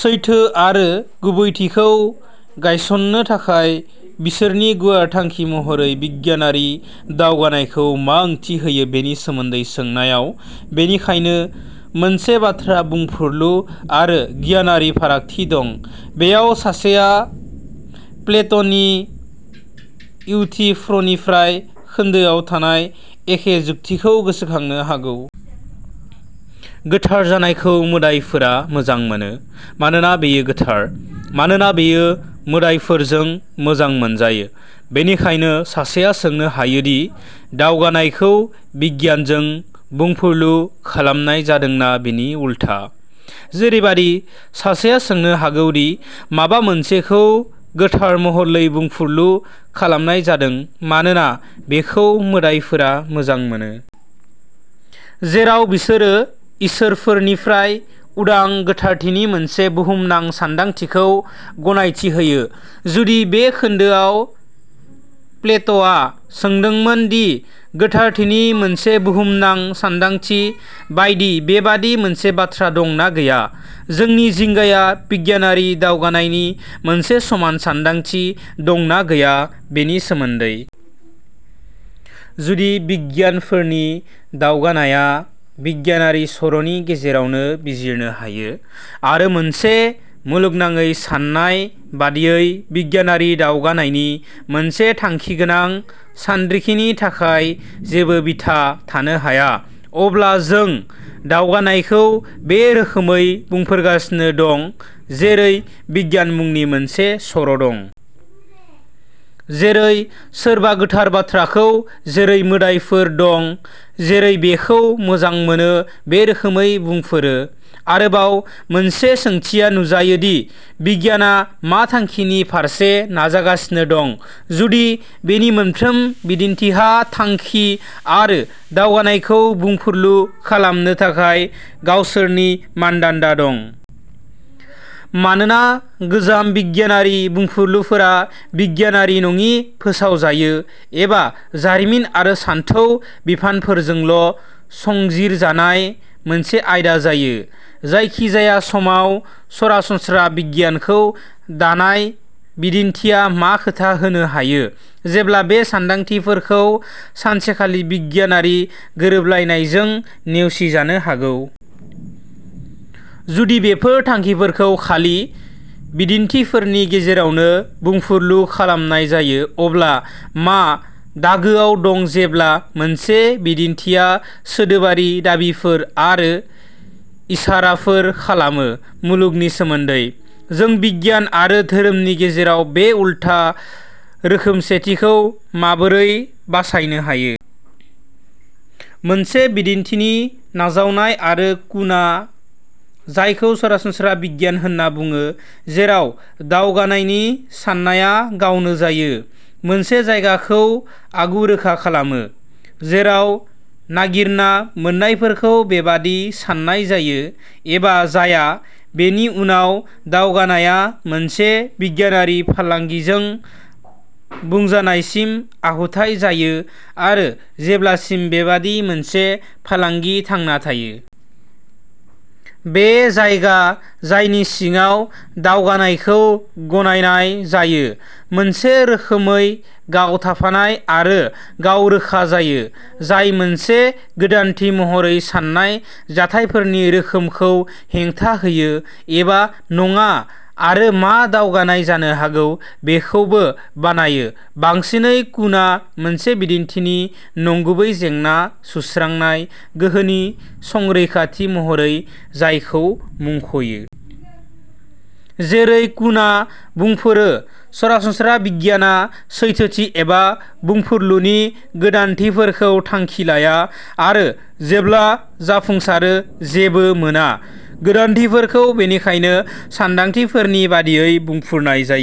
सैथो आरो गुबैथिखौ गायसननो थाखाय बिसोरनि गुवार थांखि महरै बिगियानारि दावगानायखौ मा ओंथि होयो बेनि सोमोनदै सोंनायाव बेनिखायनो मोनसे बाथ्रा बुंफुरलु आरो गियानारि फारागथि दं। बेयाव सासेया प्लेट'नि इउथिफ्रनिफ्राय खोनदोआव थानाय एखे जुक्तिखौ गोसोखांनो हागौ। गोथार जानायखौ मोदाइफोरा मोजां मोनो मानोना बेयो गोथार। मानोना बेयो मोदाइफोरजों मोजां मोनजायो? बेनिखायनो सासेया सोंनो हायो दि दावगानायखौ बिगियानजों बुंफुरलु खालामनाय जादों ना बिनि उलथा। जेरैबादि सासेया सोंनो हागौ दि माबा मोनसेखौ गोथार महरै बुंफुरलु खालामनाय जादों मानोना बेखौ मोदाइफोरा मोजां मोनो। जेराव बिसोरो इसोरफोरनिफ्राय उदां गोथारथिनि मोनसे बुहुमनां सानदांथिखौ गनायथि होयो। जुदि बे खोनदोआव प्लेट'आ सोंदोंमोन दि गोथारथिनि मोनसे बुहुमनां सानदांथि बायदि बेबादि मोनसे बाथ्रा दं ना गैया? जोंनि जिंगाया बिगियानारि दावगानायनि मोनसे समान सानदांथि दं ना गैया बेनि सोमोनदै? जुदि बिगियानफोरनि दावगानायआ बिगियानारि सर'नि गेजेरावनो बिजिरनो हायो आरो मोनसे मुलुगनाङै साननाय बादियै बिगियानारि दावगानायनि मोनसे थांखिगोनां सानरिखिनि थाखाय जेबो बिथा थानो हाया। अब्ला जों दावगानायखौ बे रोखोमै बुंफोरगासिनो दं जेरै बिगियान मुंनि मोनसे सर'दं। जेरै सोरबा गोथार बाथ्राखौ जेरै मोदाइफोर दं जेरै बेखौ मोजां मोनो बे रोखोमै बुंफोरो। आरोबाव मोनसे सोंथिया नुजायो दि बिगियानआ मा थांखिनि फारसे नाजागासिनो दं। जुदि बेनि मोनफ्रोम बिदिनथिहा थांखि आरो दावगानायखौ बुंफुरलु खालामनो थाखाय गावसोरनि मानदान्दा दं। मानोना गोजाम बिगियानारि बुंफुरलुफोरा बिगियानारि नङि फोसावजायो एबा जारिमिन आरो सानथौ बिफानफोरजोंल' संजिरजानाय मोनसे आयदा जायो। जायखिजाया समाव सरासनस्रा बिगियानखौ दानाय बिदिनथिआ मा खोथा होनो हायो। जेब्ला बेनि सान्दांथिफोरखौ सानसेखालि बिगियानारि गोरोबलायनायजों नेवसिजानो हागौ। जुदि बेफोर थांखिफोरखौ खालि बिदिनथिफोरनि गेजेरावनो बुंफुरलु खालामनाय जायो अब्ला मा दागोआव दं जेब्ला मोनसे बिदिनथिया सोदोबारि दाबिफोर आरो इसाराफोर खालामो मुलुगनि सोमोन्दै। जों बिगियान आरो धोरोमनि गेजेराव बे उल्था रोखोमसेथिखौ माबोरै बासायनो हायो? मोनसे बिदिन्थिनि नाजावनाय आरो कुनआ जायखौ सरासनस्रा बिगियान होनना बुङो जेराव दावगानायनि साननाया गावनो जायो मोनसे जायगाखौ आगु रोखा खालामो। जेराव नागिरना मोन्नायफोरखौ बेबादि सान्नाय जायो एबा जाया बेनि उनाव दावगानायआ मोनसे बिगियानारि फालांगिजों बुंजानायसिम आखुथाय जायो आरो जेब्लासिम बेबादि मोनसे फालांगि थांना थायो। बे जायगा जायनि सिङाव दावगानायखौ गनायनाय जायो। मोनसे रोखोमै गाव थाफानाय आरो गाव रोखा जायो। जाय मोनसे गोदानथि महरै सान्नाय जाथायफोरनि रोखोमखौ हेंथा होयो एबा नङा आरो मा दावगानाय जानो हागौ बेखौबो बानायो बांसिनै कुनआ मोनसे बिदिन्थिनि नंगुबै जेंना सुस्रांनाय गोहोनि संरैखाथि महरै जायखौ मुंख'यो। जेरै कुना बुंफोरो सरासनस्रा बिगियानआ सैथोथि एबा बुंफुरलुनि गोदानथिफोरखौ थांखि लाया आरो जेब्ला जाफुंसारो जेबो मोना गोदानथिफोरखौ बेनिखायनो सानदांथिफोरनि बायदियै बुंफोरनाय जायो।